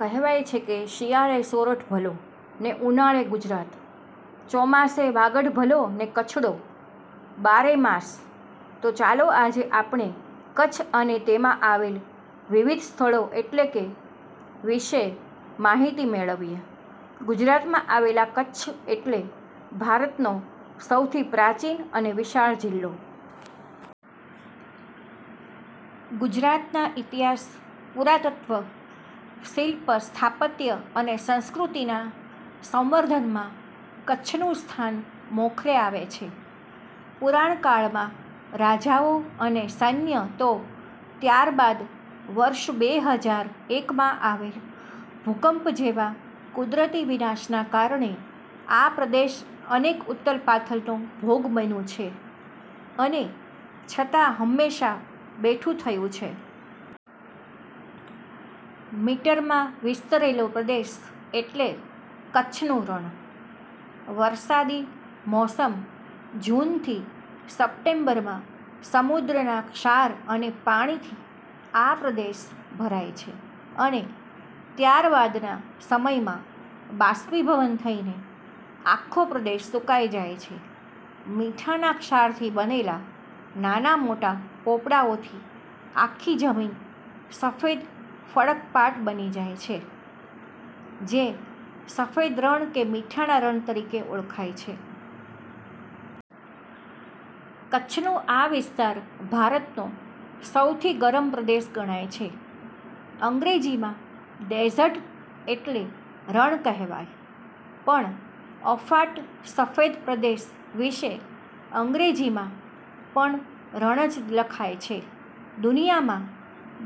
કહેવાય છે કે, શિયાળે સોરઠ ભલો, ને ઉનાળે ગુજરાત, ચોમાસે વાગડ ભલો ને કચ્છડો બારે માસ. તો ચાલો આજે આપણે કચ્છ અને તેમાંં આવેલા વિવિધ સ્થળો એટલે કે વિશે માહિતી મેળવીએ. ગુજરાતમાં આવેલ કચ્છ એટલે ભારતનો સહુથી પ્રાચીન અને વિશાળ જિલ્લો. ગુજરાતના ઇતિહાસ, પુરાતત્વ, શિલ્પ-સ્થાપત્ય અને સંસ્કૃતિના સંવર્ધનમાં કચ્છનું સ્થાન મોખરે આવે છે. પુરાણકાળમાં રાજાઓ અને સૈન્ય તો ત્યારબાદ વર્ષ બે હજાર એક માં આવેલ ભૂકંપ જેવા કુદરતી વિનાશના કારણે આ પ્રદેશ અનેક ઉથલપાથલનો ભોગ બન્યું છે, અને છતાં હંમેશા બેઠું થયું છે. મીટર માં વિસ્તરેલો પ્રદેશ એટલે કચ્છનું રણ. વરસાદી મોસમ જૂનથી સપ્ટેમ્બરમાં સમુદ્રના ક્ષાર અને પાણીથી આ પ્રદેશ ભરાય છે અને ત્યારબાદના સમયમાં બાષ્પીભવન થઈને આખો પ્રદેશ સૂકાઈ જાય છે. મીઠાના ક્ષારથી બનેલા નાના મોટા પોપડાઓથી આખી જમીન સફેદ કડક પાટ બની જાય છે, જે સફેદ રણ, કે મીઠાના રણ તરીકે ઓળખાય છે. કચ્છનો આ વિસ્તાર ભારતનો સહુથી ગરમ પ્રદેશ ગણાય છે. અંગ્રેજીમાં ડેઝર્ટ એટલે રણ કહેવાય, પણ અફાટ સફેદ પ્રદેશ વિષે અંગ્રેજીમાં પણ રણ જ લખાય છે. દુનિયામાં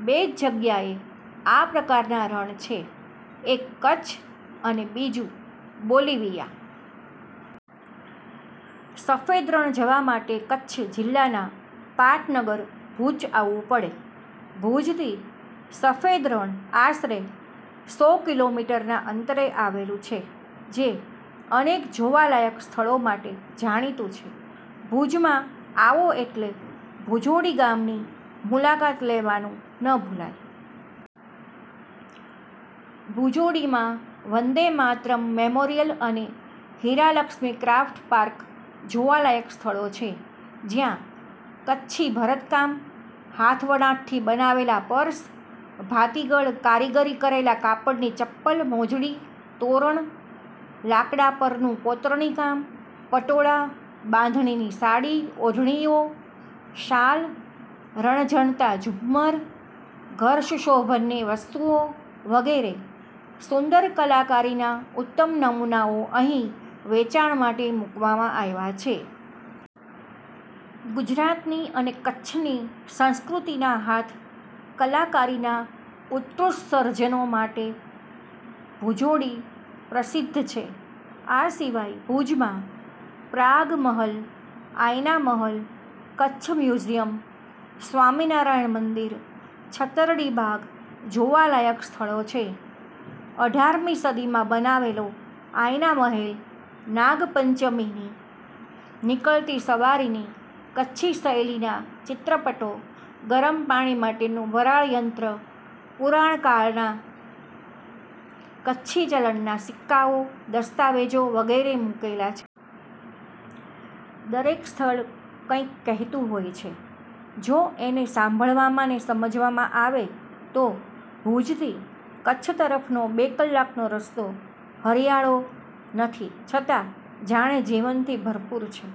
બે જ જગ્યાએ આ પ્રકારના રણ છે, એક કચ્છ અને બીજું બોલિવિયા. સફેદ રણ જવા માટે કચ્છ જિલ્લાના પાટનગર ભૂજ આવવું પડે. ભૂજથી સફેદ રણ આશરે સો કિલો મીટર ના અંતરે આવેલું છે. જે અનેક જોવાલાયક સ્થળો માટે જાણીતું છે. ભૂજમાં આવો એટલે ભૂજોડી ગામની મુલાકાત લેવાનું ન ભૂલાય! ભૂજોડીમાં વંદે માતરમ મેમોરિયલ અને હીરાલક્ષ્મી ક્રાફ્ટ પાર્ક જોવાલાયક સ્થળો છે. જ્યાં કચ્છી ભરતકામ, હાથવણાટથી બનાવેલા પર્સ, ભાતીગળ કારીગરી કરેલા કાપડની ચપ્પલ-મોજડી, તોરણ, લાકડાં પરનું કોતરણી કામ, પટોળા, બાંધણીની સાડી-ઓઢણીઓ, શાલ, રણઝણતા ઝુમ્મર, ઘરસુશોભનની વસ્તુઓ વગેરે સુંદર કલાકારીના ઉત્તમ નમૂનાઓ અહીં વેચાણ માટે મૂકવામાં આવ્યા છે. ગુજરાતની અને કચ્છની સંસ્કૃતિના હાથ કલાકારીના ઉત્કૃષ્ઠ સર્જનો માટે ભુજોડી પ્રસિદ્ધ છે. આ સિવાય ભૂજમાં પ્રાગ મહલ, આઈના મહલ, કચ્છ મ્યુઝીયમ, સ્વામિનારાયણ મંદિર, છતરડી બાગ જોવાલાયક સ્થળો છે. અઢાર મી સદીમાં બનાવેલો આઇના મહેલ નાગપંચમીની નીકળતી સવારીની, કચ્છી શૈલીના ચિત્રપટો, ગરમ પાણી માટેનું વરાળયંત્ર, પુરાણ કાળના કચ્છી ચલણના સિક્કાઓ, દસ્તાવેજો વગેરે મૂકેલા છે. દરેક સ્થળ કંઈક કહેતું હોય છે, જો એને સાંભળવામાં ને સમજવામાં આવે તો! ભૂજથી કચ્છ તરફનો બે કલાકનો રસ્તો હરિયાળો નથી છતાં જાણે જીવનથી ભરપુર છે!